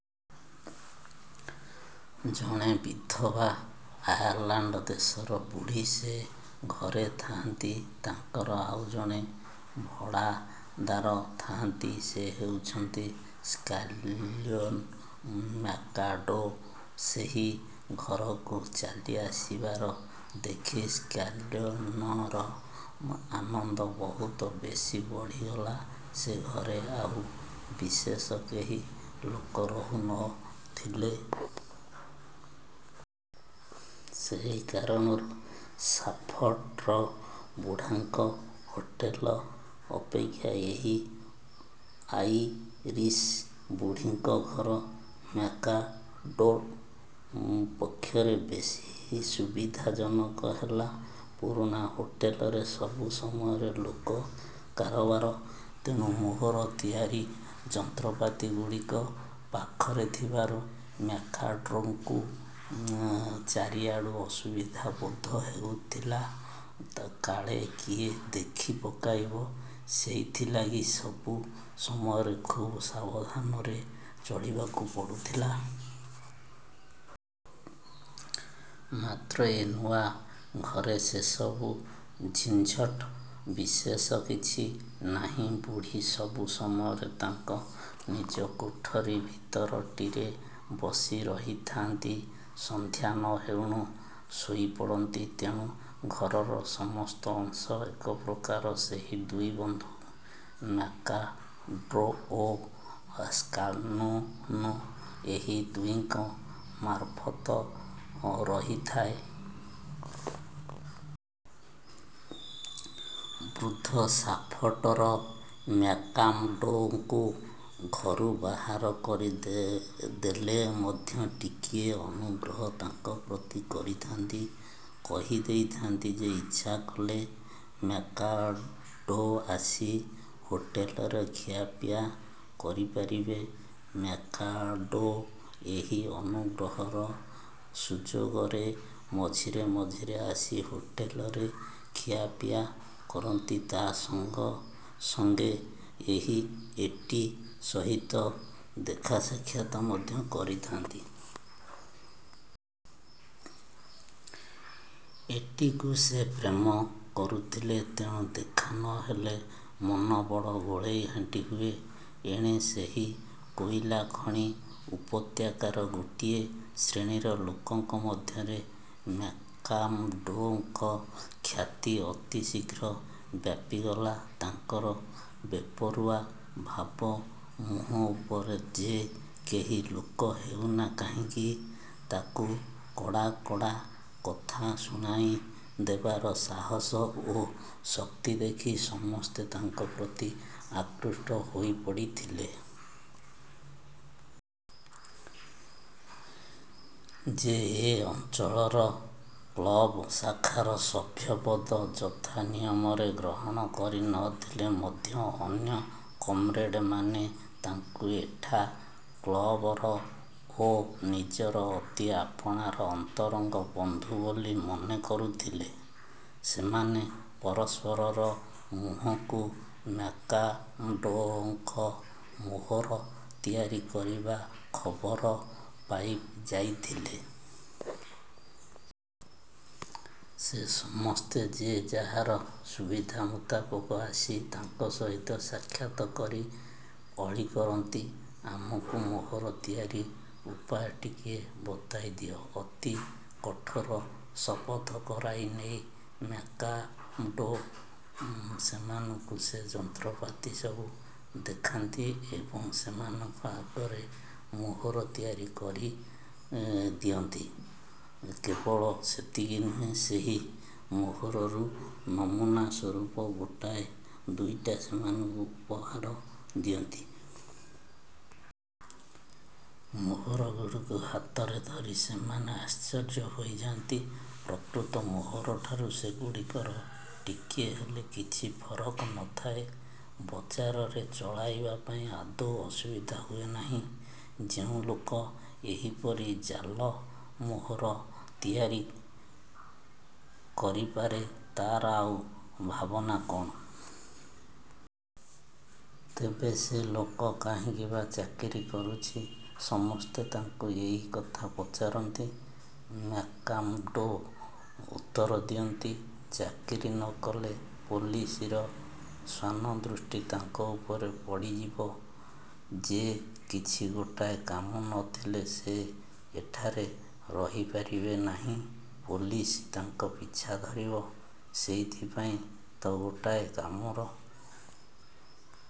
ଜଣେ ବିଧବା–ଆୟାର୍ଲାଣ୍ଡ ଦେଶର ବୁଢ଼ୀ ସେ ଘରେ ଥାଆନ୍ତି। ତାଙ୍କର ଆଉ ଜଣେ ଭଡ଼ାଦାର ଥାଆନ୍ତି–ସେ ହେଉଛନ୍ତି ସ୍କାନ୍ଲ୍ୟାନ। ମ୍ୟାକ୍ମାର୍ଡ଼ୋ ସେହି ଘରକୁ ଚାଲିଆସିବାର ଦେଖି ସ୍କାନ୍ଲ୍ୟାନର ଆନନ୍ଦ ବହୁତ ବେଶୀ ବଢ଼ିଗଲା। ସେ ଘରେ ଆଉ ବିଶେଷ କେହି ଲୋକ ରହୁ ନ ଥିଲେ। ସେହି କାରଣରୁ ଶାଫ୍ଟର ବୁଢ଼ାଙ୍କ ହୋଟେଲ ଅପେକ୍ଷା ଏହି ଆଇରିସ୍ ବୁଢ଼ୀଙ୍କ ଘର ମ୍ୟାକ୍ମାର୍ଡ଼ୋ ପକ୍ଷରେ ବେଶୀ ସୁବିଧାଜନକ ହେଲା। ପୁରୁଣା ହୋଟେଲରେ ସବୁ ସମୟରେ ଲୋକ କାରବାର। ତେଣୁ ମୋହର ତିଆରି ଯନ୍ତ୍ରପାତିଗୁଡ଼ିକ ପାଖରେ ଥିବାରୁ ମ୍ୟାକ୍ମାର୍ଡ଼ୋଙ୍କୁ ଚାରିଆଡ଼ୁ ଅସୁବିଧା ବୋଧ ହେଉଥିଲା। କାଳେ କିଏ ଦେଖି ପକାଇବ, ସେଇଥିଲାଗି ସବୁ ସମୟରେ ଖୁବ୍ ସାବଧାନରେ ଚଳିବାକୁ ପଡ଼ୁଥିଲା। ମାତ୍ର ଏ ନୂଆ ଘରେ ସେସବୁ ଝିନ୍ଝଟ ବିଶେଷ କିଛି ନାହିଁ। ବୁଢ଼ୀ ସବୁ ସମୟରେ ତାଙ୍କ ନିଜ କୋଠରୀ ଭିତରଟିରେ ବସି ରହିଥାନ୍ତି। ସନ୍ଧ୍ୟା ନ ହେଉଣୁ ଶୋଇପଡ଼ନ୍ତି। ତେଣୁ ଘରର ସମସ୍ତ ଅଂଶ ଏକପ୍ରକାର ସେହି ଦୁଇ ବନ୍ଧୁ–ମ୍ୟାକ୍ମାର୍ଡ଼ୋ ଓ ସ୍କାନ୍ଲ୍ୟାନ, ଏହି ଦୁହିଁଙ୍କ ମାରଫତ ରହିଥାଏ। ବୃଦ୍ଧ ଶାଫଟର ମ୍ୟାକ୍ମାର୍ଡ଼ୋଙ୍କୁ ଘରୁ ବାହାର କରିଦେଲେ ମଧ୍ୟ ଟିକିଏ ଅନୁଗ୍ରହ ତାଙ୍କପ୍ରତି କରିଥାନ୍ତି। କହିଦେଇଥାନ୍ତି ଯେ ଇଚ୍ଛା କଲେ ମ୍ୟାକ୍ମାର୍ଡ଼ୋ ଆସି ହୋଟେଲରେ ଖିଆପିଆ କରିପାରିବେ। ମ୍ୟାକ୍ମାର୍ଡ଼ୋ ଏହି ଅନୁଗ୍ରହର ସୁଯୋଗରେ ମଝିରେ ମଝିରେ ଆସି ହୋଟେଲରେ ଖିଆପିଆ କରନ୍ତି, ତା ସଙ୍ଗେସଙ୍ଗେ ଏଟ୍ଟି ସହିତ ଦେଖାସାକ୍ଷାତ ମଧ୍ୟ କରିଥାଆନ୍ତି। ଏଟ୍ଟିକୁ ସେ ପ୍ରେମ କରୁଥିଲେ। ତେଣୁ ଦେଖା ନ ହେଲେ ମନ ବଡ଼ ଗୋଳେଇଘାଣ୍ଟି ହୁଏ। ଏଣେ ସେହି କୋଇଲାଖଣି ଉପତ୍ୟକାର ଗୋଟିଏ ଶ୍ରେଣୀର ଲୋକଙ୍କ ମଧ୍ୟରେ ମ୍ୟାକ୍ମାର୍ଡ଼ୋଙ୍କ ଖ୍ୟାତି ଅତି ଶୀଘ୍ର ବ୍ୟାପିଗଲା। ତାଙ୍କର ବେପରୁଆ ଭାବ, ମୁହଁ ଉପରେ ଯେ କେହି ଲୋକ ହେଉ ନା କାହିଁକି, ତାକୁ କଡ଼ାକଡ଼ା କଥା ଶୁଣାଇଦେବାର ସାହସ ଓ ଶକ୍ତି ଦେଖି ସମସ୍ତେ ତାଙ୍କ ପ୍ରତି ଆକୃଷ୍ଟ ହୋଇପଡ଼ିଥିଲେ। ସେ ଏ ଅଞ୍ଚଳ କ୍ଳବ ଶାଖାର ସଭ୍ୟପଦ ଯଥାନିୟମରେ ଗ୍ରହଣ କରି ନ ଥିଲେ ମଧ୍ୟ ଅନ୍ୟ କମ୍ରେଡ଼ମାନେ ତାଙ୍କୁ ଏଠା କ୍ଳବର ଓ ନିଜର ଅତି ଆପଣାର ଅନ୍ତରଙ୍ଗ ବନ୍ଧୁ ବୋଲି ମନେ କରୁଥିଲେ। ସେମାନେ ପରସ୍ପରର ମୁହଁକୁ ମ୍ୟାକ୍ମାର୍ଡ଼ୋଙ୍କ ମୋହର ତିଆରିକରିବା ଖବର ପାଇଯାଇଥିଲେ। ସେ ସମସ୍ତେ ଯେ ଯାହାର ସୁବିଧା ମୁତାବକ ଆସି ତାଙ୍କ ସହିତ ସାକ୍ଷାତ କରି ଅଳିକରନ୍ତି–ଆମକୁ ମୋହର ତିଆରି ଉପାୟ ଟିକିଏ ବତାଇଦିଅ। ଅତି କଠୋର ଶପଥ କରାଇନେଇ ମ୍ୟାକ୍ମାର୍ଡ଼ୋ ସେମାନଙ୍କୁ ସେ ଯନ୍ତ୍ରପାତିସବୁ ଦେଖାନ୍ତି ଏବଂ ସେମାନଙ୍କ ଆଗରେ ମୋହର ତିଆରି କରିଦିଅନ୍ତି। କେବଳ ସେତିକି ନୁହେଁ, ସେହି ମୋହରରୁ ନମୁନା ସ୍ୱରୂପ ଗୋଟାଏ ଦୁଇଟା ସେମାନଙ୍କୁ ଉପହାର ଦିଅନ୍ତି। ମୋହରଗୁଡ଼ିକୁ ହାତରେ ଧରି ସେମାନେ ଆଶ୍ଚର୍ଯ୍ୟ ହୋଇଯାଆନ୍ତି। ପ୍ରକୃତ ମୋହରଠାରୁ ସେଗୁଡ଼ିକର ଟିକିଏ ହେଲେ କିଛି ଫରକ ନ ଥାଏ; ବଜାରରେ ଚଳାଇବା ପାଇଁ ଆଦୌ ଅସୁବିଧା ହୁଏ ନାହିଁ। ଯେଉଁ ଲୋକ ଏହିପରି ଜାଲ ମୋହର ତିଆରି କରିପାରେ, ତାର ଆଉ ଭାବନା କଅଣ? ତେବେ ସେ ଲୋକ କାହିଁକି ବା ଚାକିରି କରୁଛି? –ସମସ୍ତେ ତାଙ୍କୁ ଏଇ କଥା ପଚାରନ୍ତି-। ମ୍ୟାକ୍ମାର୍ଡ଼ୋ ଉତ୍ତର ଦିଅନ୍ତି, ଚାକିରୀ ନ କଲେ ପୋଲିସର ଶ୍ୱାନଦୃଷ୍ଟି ତାଙ୍କ ଉପରେ ପଡ଼ିଯିବ ଯେ! କିଛି ଗୋଟାଏ କାମ ନ ଥିଲେ ସେ ଏଠାରେ ରହିପାରିବେ ନାହିଁ। ପୋଲିସ ତାଙ୍କ ପିଛା ଧରିବ। ସେଇଥିପାଇଁ ତ ଗୋଟାଏ କାମର